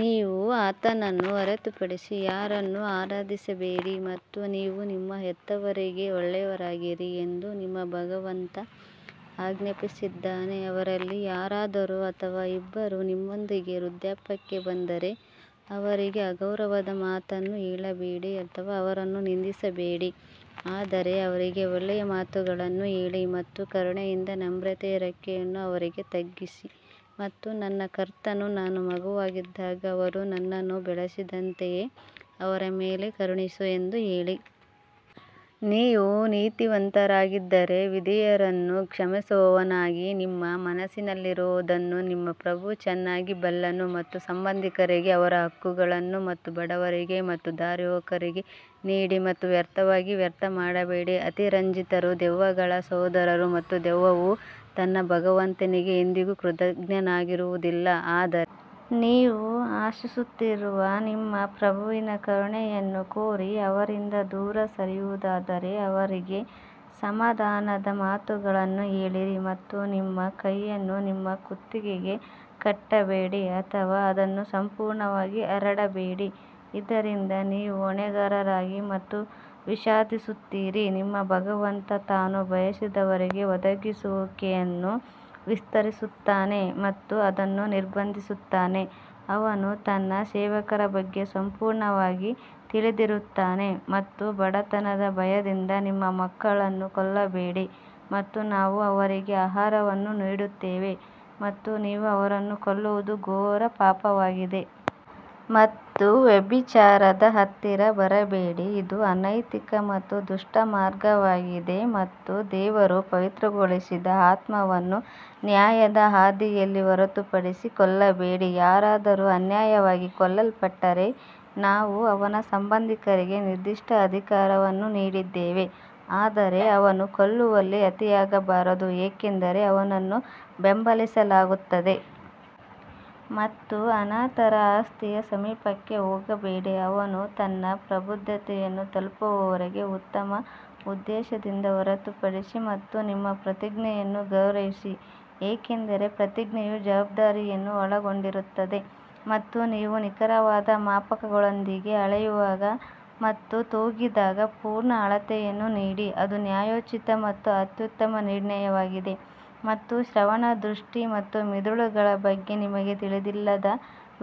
ನೀವು ಆತನನ್ನು ಹೊರತುಪಡಿಸಿ ಯಾರನ್ನೂ ಆರಾಧಿಸಬೇಡಿ ಮತ್ತು ನೀವು ನಿಮ್ಮ ಹೆತ್ತವರಿಗೆ ಒಳ್ಳೆಯವರಾಗಿರಿ ಎಂದು ನಿಮ್ಮ ಭಗವಂತ ಆಜ್ಞಾಪಿಸಿದ್ದಾನೆ, ಅವರಲ್ಲಿ ಯಾರಾದರೂ ಅಥವಾ ಇಬ್ಬರೂ ನಿಮ್ಮೊಂದಿಗೆ ವೃದ್ಧಾಪ್ಯಕ್ಕೆ ಬಂದರೆ ಅವರಿಗೆ ಅಗೌರವದ ಮಾತನ್ನು ಹೇಳಬೇಡಿ ಅಥವಾ ಅವರನ್ನು ನಿಂದಿಸಬೇಡಿ ಆದರೆ ಅವರಿಗೆ ಒಳ್ಳೆಯ ಮಾತುಗಳನ್ನು ಹೇಳಿ ಮತ್ತು ಕರುಣೆಯಿಂದ ನಮ್ರತೆಯ ರೆಕ್ಕೆಯನ್ನು ಅವರಿಗೆ ತಗ್ಗಿಸಿ ಮತ್ತು ನನ್ನ ಕರ್ತನು ನಾನು ಮಗುವಾಗಿದ್ದಾಗ ಅವರು ನನ್ನನ್ನು ಬೆಳೆಸಿದಂತೆಯೇ ಅವರ ಮೇಲೆ ಕರುಣಿಸು ಎಂದು ಹೇಳಿ. ನೀವು ನೀತಿವಂತರಾಗಿದ್ದರೆ ವಿಧೇಯರನ್ನು ಕ್ಷಮಿಸುವವನಾಗಿ ನಿಮ್ಮ ಮನಸ್ಸಿನಲ್ಲಿರುವದನ್ನು ನಿಮ್ಮ ಪ್ರಭು ಚೆನ್ನಾಗಿ ಬಲ್ಲನು ಮತ್ತು ಸಂಬಂಧಿಕರಿಗೆ ಅವರ ಹಕ್ಕುಗಳನ್ನು ಮತ್ತು ಬಡವರಿಗೆ ಮತ್ತು ದಾರಿಹೋಕರಿಗೆ ನೀಡಿ ಮತ್ತು ವ್ಯರ್ಥವಾಗಿ ವ್ಯರ್ಥ ಮಾಡಬೇಡಿ ಅತಿರಂಜಿತರು ದೆವ್ವಗಳ ಸಹೋದರರು ಮತ್ತು ದೆವ್ವವು ತನ್ನ ಭಗವಂತನಿಗೆ ಎಂದಿಗೂ ಕೃತಜ್ಞನಾಗಿರುವುದಿಲ್ಲ ಆದರೆ ನೀವು ಆಶಿಸುತ್ತಿರುವ ನಿಮ್ಮ ಪ್ರಭುವಿನ ಕರುಣೆಯನ್ನು ಕೋರಿ ಅವರಿಂದ ದೂರ ಸರಿಯುವುದಾದರೆ ಅವರಿಗೆ ಸಮಾಧಾನದ ಮಾತುಗಳನ್ನು ಹೇಳಿರಿ ಮತ್ತು ನಿಮ್ಮ ಕೈಯನ್ನು ನಿಮ್ಮ ಕುತ್ತಿಗೆಗೆ ಕಟ್ಟಬೇಡಿ ಅಥವಾ ಅದನ್ನು ಸಂಪೂರ್ಣವಾಗಿ ಹರಡಬೇಡಿ ಇದರಿಂದ ನೀವು ಹೊಣೆಗಾರರಾಗಿ ಮತ್ತು ವಿಷಾದಿಸುತ್ತೀರಿ ನಿಮ್ಮ ಭಗವಂತ ತಾನು ಬಯಸಿದವರಿಗೆ ಒದಗಿಸುವಿಕೆಯನ್ನು ವಿಸ್ತರಿಸುತ್ತಾನೆ ಮತ್ತು ಅದನ್ನು ನಿರ್ಬಂಧಿಸುತ್ತಾನೆ ಅವನು ತನ್ನ ಸೇವಕರ ಬಗ್ಗೆ ಸಂಪೂರ್ಣವಾಗಿ ತಿಳಿದಿರುತ್ತಾನೆ ಮತ್ತು ಬಡತನದ ಭಯದಿಂದ ನಿಮ್ಮ ಮಕ್ಕಳನ್ನು ಕೊಲ್ಲಬೇಡಿ ಮತ್ತು ನಾವು ಅವರಿಗೆ ಆಹಾರವನ್ನು ನೀಡುತ್ತೇವೆ ಮತ್ತು ನೀವು ಅವರನ್ನು ಕೊಲ್ಲುವುದು ಘೋರ ಪಾಪವಾಗಿದೆ. ಮತ್ತು ವ್ಯಭಿಚಾರದ ಹತ್ತಿರ ಬರಬೇಡಿ ಇದು ಅನೈತಿಕ ಮತ್ತು ದುಷ್ಟ ಮಾರ್ಗವಾಗಿದೆ ಮತ್ತು ದೇವರು ಪವಿತ್ರಗೊಳಿಸಿದ ಆತ್ಮವನ್ನು ನ್ಯಾಯದ ಹಾದಿಯಲ್ಲಿ ಹೊರತುಪಡಿಸಿ ಕೊಲ್ಲಬೇಡಿ, ಯಾರಾದರೂ ಅನ್ಯಾಯವಾಗಿ ಕೊಲ್ಲಲ್ಪಟ್ಟರೆ ನಾವು ಅವನ ಸಂಬಂಧಿಕರಿಗೆ ನಿರ್ದಿಷ್ಟ ಅಧಿಕಾರವನ್ನು ನೀಡಿದ್ದೇವೆ ಆದರೆ ಅವನು ಕೊಲ್ಲುವಲ್ಲಿ ಅತಿಯಾಗಬಾರದು ಏಕೆಂದರೆ ಅವನನ್ನು ಬೆಂಬಲಿಸಲಾಗುತ್ತದೆ. ಮತ್ತು ಅನಾಥರ ಆಸ್ತಿಯ ಸಮೀಪಕ್ಕೆ ಹೋಗಬೇಡಿ, ಅವನು ತನ್ನ ಪ್ರಬುದ್ಧತೆಯನ್ನು ತಲುಪುವವರೆಗೆ ಉತ್ತಮ ಉದ್ದೇಶದಿಂದ ಹೊರತುಪಡಿಸಿ ಮತ್ತು ನಿಮ್ಮ ಪ್ರತಿಜ್ಞೆಯನ್ನು ಗೌರವಿಸಿ ಏಕೆಂದರೆ ಪ್ರತಿಜ್ಞೆಯು ಜವಾಬ್ದಾರಿಯನ್ನು ಒಳಗೊಂಡಿರುತ್ತದೆ ಮತ್ತು ನೀವು ನಿಖರವಾದ ಮಾಪಕಗಳೊಂದಿಗೆ ಅಳೆಯುವಾಗ ಮತ್ತು ತೂಗಿದಾಗ ಪೂರ್ಣ ಅಳತೆಯನ್ನು ನೀಡಿ ಅದು ನ್ಯಾಯೋಚಿತ ಮತ್ತು ಅತ್ಯುತ್ತಮ ನಿರ್ಣಯವಾಗಿದೆ ಮತ್ತು ಶ್ರವಣ, ದೃಷ್ಟಿ ಮತ್ತು ಮಿದುಳುಗಳ ಬಗ್ಗೆ ನಿಮಗೆ ತಿಳಿದಿಲ್ಲದ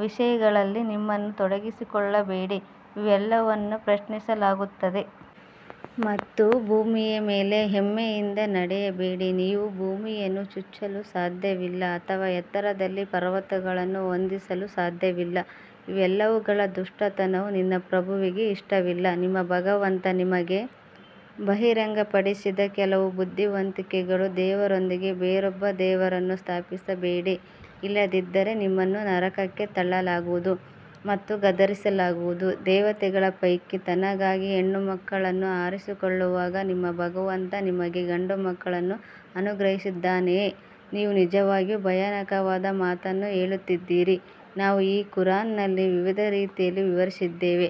ವಿಷಯಗಳಲ್ಲಿ ನಿಮ್ಮನ್ನು ತೊಡಗಿಸಿಕೊಳ್ಳಬೇಡಿ, ಇವೆಲ್ಲವನ್ನೂ ಪ್ರಶ್ನಿಸಲಾಗುತ್ತದೆ. ಮತ್ತು ಭೂಮಿಯ ಮೇಲೆ ಹೆಮ್ಮೆಯಿಂದ ನಡೆಯಬೇಡಿ ನೀವು ಭೂಮಿಯನ್ನು ಚುಚ್ಚಲು ಸಾಧ್ಯವಿಲ್ಲ ಅಥವಾ ಎತ್ತರದಲ್ಲಿ ಪರ್ವತಗಳನ್ನು ಹೊಂದಿಸಲು ಸಾಧ್ಯವಿಲ್ಲ ಇವೆಲ್ಲವುಗಳ ದುಷ್ಟತನವು ನಿನ್ನ ಪ್ರಭುವಿಗೆ ಇಷ್ಟವಿಲ್ಲ ನಿಮ್ಮ ಭಗವಂತ ನಿಮಗೆ ಬಹಿರಂಗಪಡಿಸಿದ ಕೆಲವು ಬುದ್ಧಿವಂತಿಕೆಗಳು ದೇವರೊಂದಿಗೆ ಬೇರೊಬ್ಬ ದೇವರನ್ನು ಸ್ಥಾಪಿಸಬೇಡಿ ಇಲ್ಲದಿದ್ದರೆ ನಿಮ್ಮನ್ನು ನರಕಕ್ಕೆ ತಳ್ಳಲಾಗುವುದು ಮತ್ತು ಗದರಿಸಲಾಗುವುದು ದೇವತೆಗಳ ಪೈಕಿ ತನಗಾಗಿ ಹೆಣ್ಣುಮಕ್ಕಳನ್ನು ಆರಿಸಿಕೊಳ್ಳುವಾಗ ನಿಮ್ಮ ಭಗವಂತ ನಿಮಗೆ ಗಂಡುಮಕ್ಕಳನ್ನು ಅನುಗ್ರಹಿಸಿದ್ದಾನೆಯೇ, ನೀವು ನಿಜವಾಗಿಯೂ ಭಯಾನಕವಾದ ಮಾತನ್ನು ಹೇಳುತ್ತಿದ್ದೀರಿ ನಾವು ಈ ಕುರಾನ್ನಲ್ಲಿ ವಿವಿಧ ರೀತಿಯಲ್ಲಿ ವಿವರಿಸಿದ್ದೇವೆ,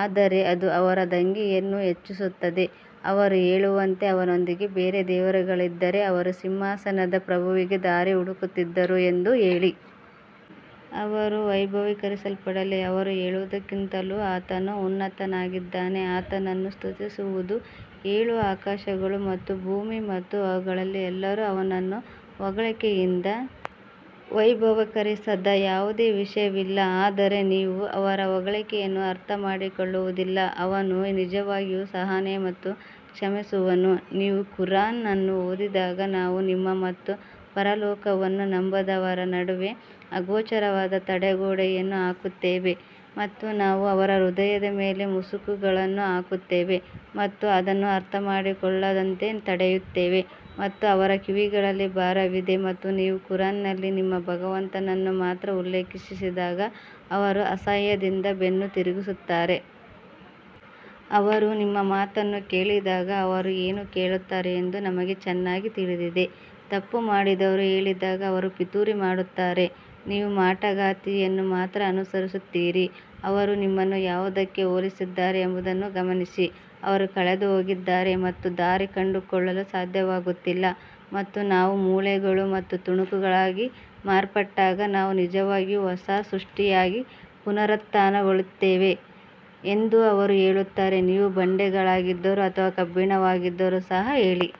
ಆದರೆ ಅದು ಅವರ ದಂಗೆಯನ್ನು ಹೆಚ್ಚಿಸುತ್ತದೆ ಅವರು ಹೇಳುವಂತೆ ಅವನೊಂದಿಗೆ ಬೇರೆ ದೇವರುಗಳಿದ್ದರೆ ಅವರು ಸಿಂಹಾಸನದ ಪ್ರಭುವಿಗೆ ದಾರಿ ಹುಡುಕುತ್ತಿದ್ದರು ಎಂದು ಹೇಳಿ. ಅವರು ವೈಭವೀಕರಿಸಲ್ಪಡಲಿ, ಅವರು ಹೇಳುವುದಕ್ಕಿಂತಲೂ ಆತನು ಉನ್ನತನಾಗಿದ್ದಾನೆ ಆತನನ್ನು ಸ್ತುತಿಸುವುದು ಏಳು ಆಕಾಶಗಳು ಮತ್ತು ಭೂಮಿ ಮತ್ತು ಅವುಗಳಲ್ಲಿ ಎಲ್ಲರೂ ಅವನನ್ನು ಹೊಗಳಿಕೆಯಿಂದ ವೈಭವೀಕರಿಸದ ಯಾವುದೇ ವಿಷಯವಿಲ್ಲ ಆದರೆ ನೀವು ಅವರ ಹೊಗಳಿಕೆಯನ್ನು ಅರ್ಥಮಾಡಿಕೊಳ್ಳುವುದಿಲ್ಲ ಅವನು ನಿಜವಾಗಿಯೂ ಸಹನೆ ಮತ್ತು ಕ್ಷಮಿಸುವನು ನೀವು ಖುರಾನ್ ಅನ್ನು ಓದಿದಾಗ ನಾವು ನಿಮ್ಮ ಮತ್ತು ಪರಲೋಕವನ್ನು ನಂಬದವರ ನಡುವೆ ಅಗೋಚರವಾದ ತಡೆಗೋಡೆಯನ್ನು ಹಾಕುತ್ತೇವೆ ಮತ್ತು ನಾವು ಅವರ ಹೃದಯದ ಮೇಲೆ ಮುಸುಕುಗಳನ್ನು ಹಾಕುತ್ತೇವೆ ಮತ್ತು ಅದನ್ನು ಅರ್ಥಮಾಡಿಕೊಳ್ಳದಂತೆ ತಡೆಯುತ್ತೇವೆ ಮತ್ತು ಅವರ ಕಿವಿಗಳಲ್ಲಿ ಭಾರವಿದೆ ಮತ್ತು ನೀವು ಕುರಾನ್ನಲ್ಲಿ ನಿಮ್ಮ ಭಗವಂತನನ್ನು ಮಾತ್ರ ಉಲ್ಲೇಖಿಸಿದಾಗ ಅವರು ಅಸಹ್ಯದಿಂದ ಬೆನ್ನು ತಿರುಗಿಸುತ್ತಾರೆ. ಅವರು ನಿಮ್ಮ ಮಾತನ್ನು ಕೇಳಿದಾಗ ಅವರು ಏನು ಕೇಳುತ್ತಾರೆ ಎಂದು ನಮಗೆ ಚೆನ್ನಾಗಿ ತಿಳಿದಿದೆ, ತಪ್ಪು ಮಾಡಿದವರು ಹೇಳಿದಾಗ ಅವರು ಪಿತೂರಿ ಮಾಡುತ್ತಾರೆ, ನೀವು ಮಾಟಗಾತಿಯನ್ನು ಮಾತ್ರ ಅನುಸರಿಸುತ್ತೀರಿ ಅವರು ನಿಮ್ಮನ್ನು ಯಾವುದಕ್ಕೆ ಹೋಲಿಸಿದ್ದಾರೆ ಎಂಬುದನ್ನು ಗಮನಿಸಿ ಅವರು ಕಳೆದುಹೋಗಿದ್ದಾರೆ ಮತ್ತು ದಾರಿ ಕಂಡುಕೊಳ್ಳಲು ಸಾಧ್ಯವಾಗುತ್ತಿಲ್ಲ ಮತ್ತು ನಾವು ಮೂಳೆಗಳು ಮತ್ತು ತುಣುಕುಗಳಾಗಿ ಮಾರ್ಪಟ್ಟಾಗ ನಾವು ನಿಜವಾಗಿಯೂ ಹೊಸ ಸೃಷ್ಟಿಯಾಗಿ ಪುನರುತ್ಥಾನಗೊಳ್ಳುತ್ತೇವೆ ಎಂದು ಅವರು ಹೇಳುತ್ತಾರೆ ನೀವು ಬಂಡೆಗಳಾಗಿದ್ದರೂ ಅಥವಾ ಕಬ್ಬಿಣವಾಗಿದ್ದರೂ ಸಹ ಹೇಳಿ.